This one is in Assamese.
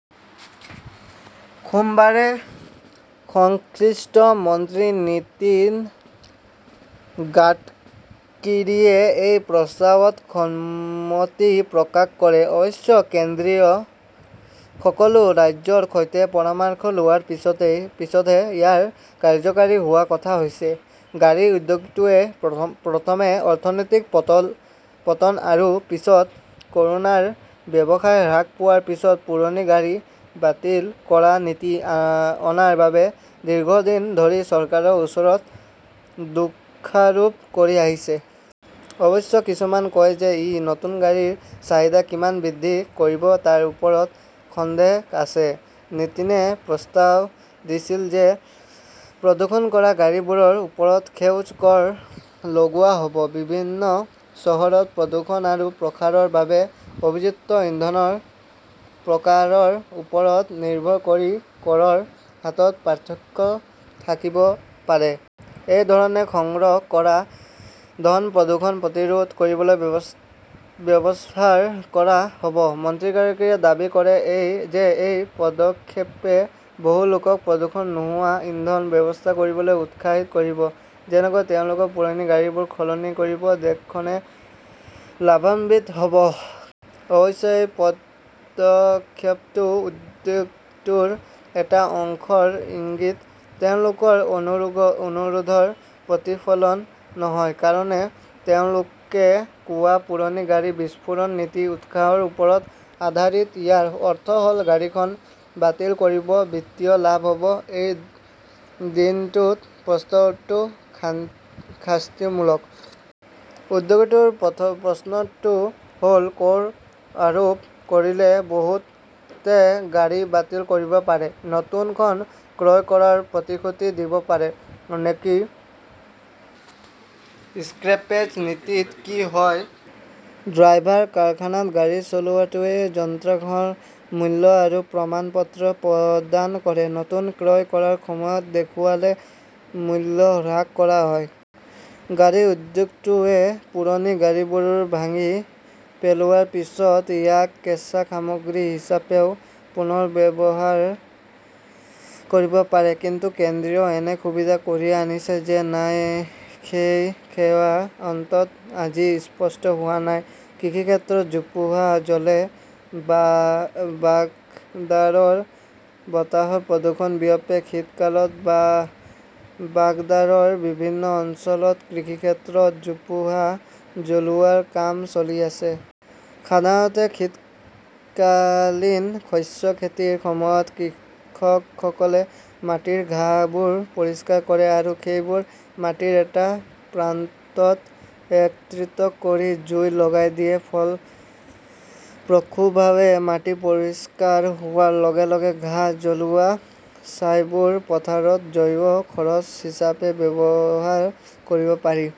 সোমবাৰে সংশ্লিষ্ট মন্ত্ৰী নিতিন গাডকীৰীয়ে এই প্ৰস্তাৱত সন্মতি প্ৰকাশ কৰে। অৱশ্য, কেন্দ্ৰীয় সকলো ৰাজ্যৰ সৈতে পৰামাৰ্শ লোৱাৰ পিছতহে ইয়াৰ কাৰ্যকাৰী হোৱাৰ কথা কৈছে। গাড়ী উদ্যোগটোৱে প্ৰথমে অৰ্থনৈতিক পতন আৰু পিছত কৰোনাৰ ব্যৱসায় হ্ৰাস হোৱাৰ পিছত পুৰণি গাড়ী বাতিল কৰা নীতি অনাৰ বাবে দীৰ্ঘদিন ধৰি চৰকাৰৰ ওচৰত দোষাৰোপ কৰি আহিছে। অৱশ্য, কিছুমানে কয় যে ই নতুন গাড়ীৰ চাহিদা কিমান বৃদ্ধি কৰিব তাৰ ওপৰত সন্দেহ আছে। নিটিনে প্ৰস্তাৱ দিছিল যে প্ৰদূষণ কৰা গাড়ীবোৰৰ ওপৰত সেউজ কৰ লগোৱা হ'ব। বিভিন্ন চহৰত প্ৰদূষণ আৰু প্ৰসাৰৰ বাবে অভিযুক্ত ইন্ধনৰ প্ৰকাৰৰ ওপৰত নিৰ্ভৰ কৰি কৰৰ হাতত পাৰ্থক্য থাকিব পাৰে। এই ধৰণে সংগ্ৰহ কৰা ধন প্ৰদূষণ প্ৰতিৰোধ কৰিবলৈ ব্যৱস্থাৰ কৰা হব। মন্ত্ৰীগৰাকীয়ে দাবী কৰে যে এই পদক্ষেপে বহু লোকক প্ৰদূষিত নোহোৱা ইন্ধন ব্যৱস্থা কৰিবলৈ উৎসাহিত কৰিব, যেনেকৈ তেওঁলোকে পুৰণি গাড়ীবোৰ সলনি কৰিব। দেশখনে লাভান্বিত হব। অৱশ্যে, এই পদক্ষেপটো উদ্যোগটোৰ এটা অংশৰ ইংগিত, তেওঁলোকৰ অনুৰোধৰ প্ৰতিফলন নহয়। কাৰনে, তেওঁলোকে কোৱা পুৰণি গাড়ী বিস্ফোৰণ নীতি উৎসাহৰ ওপৰত আধাৰিত। ইয়াৰ অৰ্থ হল গাড়ীখন বাতিল কৰিবা বিত্তীয় লাভ হব। এই দিনটোৰ প্ৰস্তৱটো শাস্তিমূলক। উদ্যোগটোৰ প্ৰশ্নটো হ'ল, কৰ আৰোপ কৰিলে বহুতে গাড়ী বাতিল কৰিব পাৰে। নতুনখন ক্ৰয় কৰাৰ প্ৰতিসুঁতি দিব পাৰি নেকি? স্ক্ৰেপেজ নীতিত কি হয়। ড্ৰাইভাৰ কাৰখানাত গাড়ী চলোৱাটোৱে যন্ত্ৰাংশৰ মূল্য আৰু প্ৰমাণপত্ৰ প্ৰদান কৰে। নতুন ক্ৰয় কৰাৰ সময়ত দেখুৱালে মূল্য হ্ৰাস কৰা হয়। গাড়ী উদ্যোগটোৱে পুৰণি গাড়ীবোৰ ভাঙি পেলোৱাৰ পিছত ইয়াক কেঁচা সামগ্ৰী হিচাপেও পুনৰ ব্যৱহাৰ কৰিব পাৰে। কিন্তু কেন্দ্ৰীয় এনে সুবিধা কঢ়িয়াই আনিছে নে নাই সেয়া অন্ততঃ আজি স্পষ্ট হোৱা নাই। কৃষিক্ষেত্ৰত জোপোহা জ্বলে, বাগদাৰৰ বতাহত প্ৰদূষণ বিয়পে শীতকালত বাগদাৰৰ বিভিন্ন অঞ্চলত কৃষিক্ষেত্ৰত জোপোহা জ্বলোৱাৰ কাম চলি আছে। সাধাৰণতে শীতকালীন শস্য খেতিৰ সময়ত, কৃষকসকলে মাটিৰ ঘাঁহবোৰ পৰিষ্কাৰ কৰে আৰু সেইবোৰ মাটিৰ এটা প্ৰান্তত একত্ৰিত কৰি জুই লগাই দিয়ে। ফলপ্ৰসূভাৱে মাটি পৰিষ্কাৰ হোৱাৰ লগে-লগে ঘাঁহ জ্বলোৱা ছাইবোৰ পথাৰত জৈৱ খৰচ হিচাপে ব্যৱহাৰ কৰিব পাৰি।